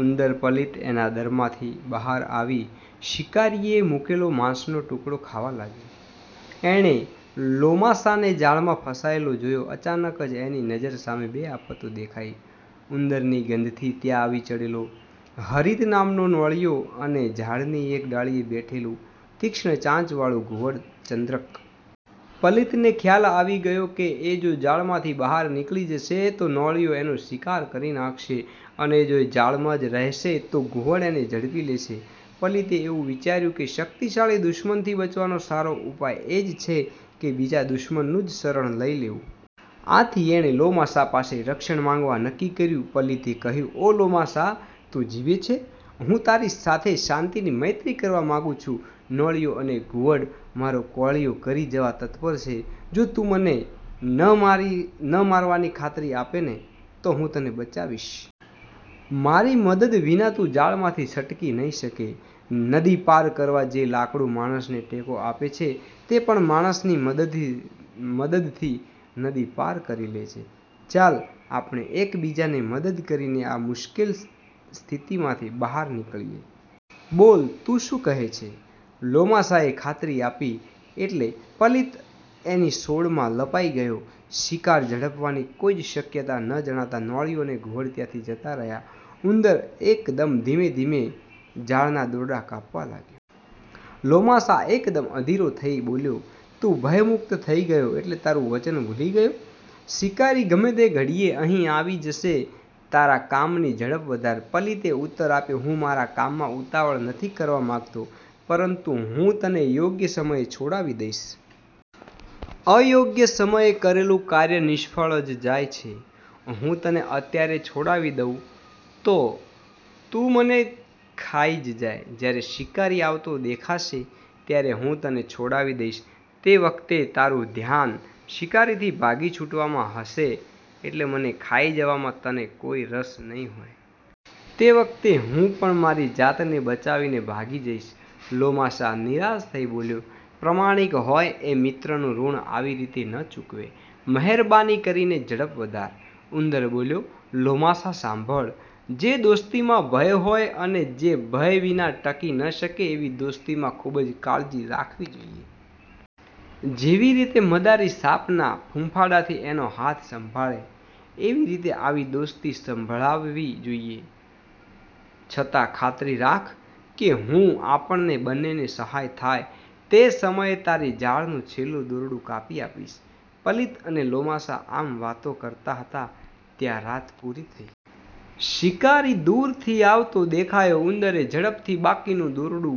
ઉંદર પલિત એના દરમાંથી બહાર આવીને શિકારીએ મુકેલો માંસનો ટુકડો ખાવા લાગ્યો. એણે લોમાસાને। જાળમાં ફસાયેલો જોયો. અચાનક જ એની નજર સામે બે આફતો દેખાઈ. ઉંદરની ગંધથી ત્યાં આવી ચઢેલો હરિત નામનો નોળિયો અને ઝાડની એક ડાળીએ બેઠેલું તીક્ષ્ણ ચાંચ વાળું ઘુવડ ચંદ્રક. પલિતને ખ્યાલ આવી ગયો કે એ જો જાળમાંથી બહાર નીકળી જશે તો નોળિયો એનો શિકાર કરી નાંખશે અને એ જો જાળમાં જ રહેશે તો ઘુવડ એને ઝડપી લેશે. પલિતે એવું વિચાર્યું કે શક્તિશાળી દુશ્મનથી બચવાનો સારો ઉપાય એ જ છે કે બીજા દુશ્મનનું જ શરણ લઇ લેવું. આથી એણે લોમાસા પાસે રક્ષણ માંગવા નક્કી કર્યું. પલિતે કહ્યું, "ઓ લોમાસા, તું જીવે છે? હું તારી સાથે શાંતિની મૈત્રી કરવા માંગું છું. નોળિયો અને ઘુવડ મારો કોળીયો કરી જવા તત્પર છે. જો તું મને ન મારવાની ખાતરી આપે તો હું તને બચાવીશ. મારી મદદ વિના તું જાળમાંથી છટકી નહીં શકે. નદી પાર કરવા જે લાકડું માણસને ટેકો આપે છે તે પણ માણસની મદદથી નદી પાર કરી લે છે. ચાલ, આપણે એક બીજાને મદદ કરીને આ મુશ્કેલ સ્થિતિમાંથી બહાર નીકળીએ. બોલ, તું શું કહે છે? " લોમાસાએ ખાતરી આપી એટલે પલિત એની સોડમાં લપાઈ ગયો. શિકાર ઝડપવાની કોઈ જ શક્યતા ન જણાતાં નોળિયો અને ઘુવડ ત્યાંથી જતા રહ્યા. ઉંદર એકદમ ધીમે ધીમે જાળના દોરડા કાપવા લાગ્યો. લોમાસા એકદમ અધીરો થઇ બોલ્યો. "તું ભયમુક્ત થઇ ગયો એટલે તારું વચન ભૂલી ગયો? શિકારી ગમે તે ઘડીએ અહીં આવી જશે માટે તારા કામની ઝડપ વધાર". પલિતે ઉત્તર આપ્યો,"હું મારા કામમાં ઉતાવળ નથી કરવા માંગતો પરંતુ હું તને યોગ્ય સમયે છોડાવી દઈશ. અયોગ્ય સમયે કરેલું કાર્ય નિષ્ફળ જ જાય છે. હું તને અત્યારે છોડાવી દઉં તો તું મને ખાઈ જ જાય. જયારે શિકારી આવતો દેખાશે ત્યારે હું તને છોડાવી દઈશ. તે વખતે તારું ધ્યાન શિકારીથી ભાગી છૂટવામાં હશે એટલે મને ખાઈ જવામાં તને કોઈ રસ નહીં હોય. તે વખતે હું પણ મારી જાતને બચાવીને ભાગી જઈશ". લોમાસા નિરાશ થઇ બોલ્યો, "પ્રમાણિક હોય એ મિત્રોનું ઋણ આવી રીતે ન ચૂકવે. મહેરબાની કરીને ઝડપ વધાર". ઉંદર બોલ્યો, "લોમાસા, સાંભળ. જે દોસ્તીમાં ભય હોય અને જે ભય વિના ટકી ન શકે એવી દોસ્તીમાં ખુબ જ કાળજી રાખવી જોઈએ. જેવી રીતે મદારી સાપના ફૂંફાડાથી એનો હાથ સંભાળે એવી રીતે આવી દોસ્તી સંભળાવી જોઈએ. છતાં ખાતરી રાખ કે હું આપણને બંનેને સહાય થાય એ સમયે તારી જાળનું છેલ્લું દોરડું કાપી આપીશ". પલિત અને લોમાસા આમ વાતો કરતા હતા ત્યાં રાત પૂરી થઇ. શિકારી દુરથી આવતો દેખાયો. ઉંદરે ઝડપથી બાકીનું દોરડો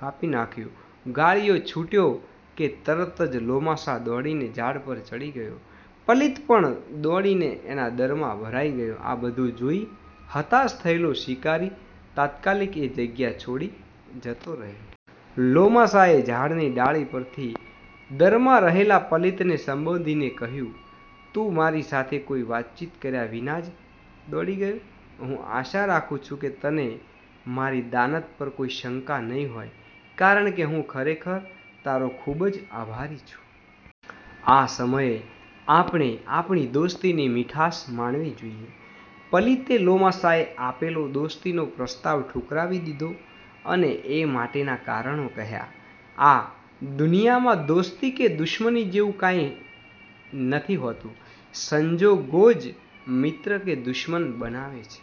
કાપી નાંખ્યું. ગાળિયો છૂટ્યો કે તરત જ લોમાસા દોડીને ઝાડ પર ચઢી ગયો. પલિત પણ દોડીને એના દરમાં ભરાઈ ગયો. આ બધું જોઈ હતાશ થયેલો શિકારી તાત્કાલિક એ જગ્યા છોડી જતો રહ્યો. લોમાસાએ ઝાડની ડાળી પરથી દરમાં રહેલા પલિતને સંબોધી કહ્યું, "તું મારી સાથે કોઈ વાતચીત કર્યા વિના જ દોડી ગયો. હું આશા રાખું કે તને મારી દાનત પર કોઈ શંકા નહીં હોય કારણકે હું ખરેખર તારો ખુબ જ આભારી છું. આ સમયે આપણે આપણી દોસ્તીની મીઠાશ માણવી જોઈએ". પલિતે લોમાસાએ આપેલો દોસ્તીનો પ્રસ્તાવ ઠુકરાવી દીધો અને એ માટેના કારણો કહ્યા. આ દુનિયામાં દોસ્તી કે દુશ્મની જેવું કાંઈ નથી હોતું. સંજોગો જ મિત્ર કે દુશ્મન બનાવે છે.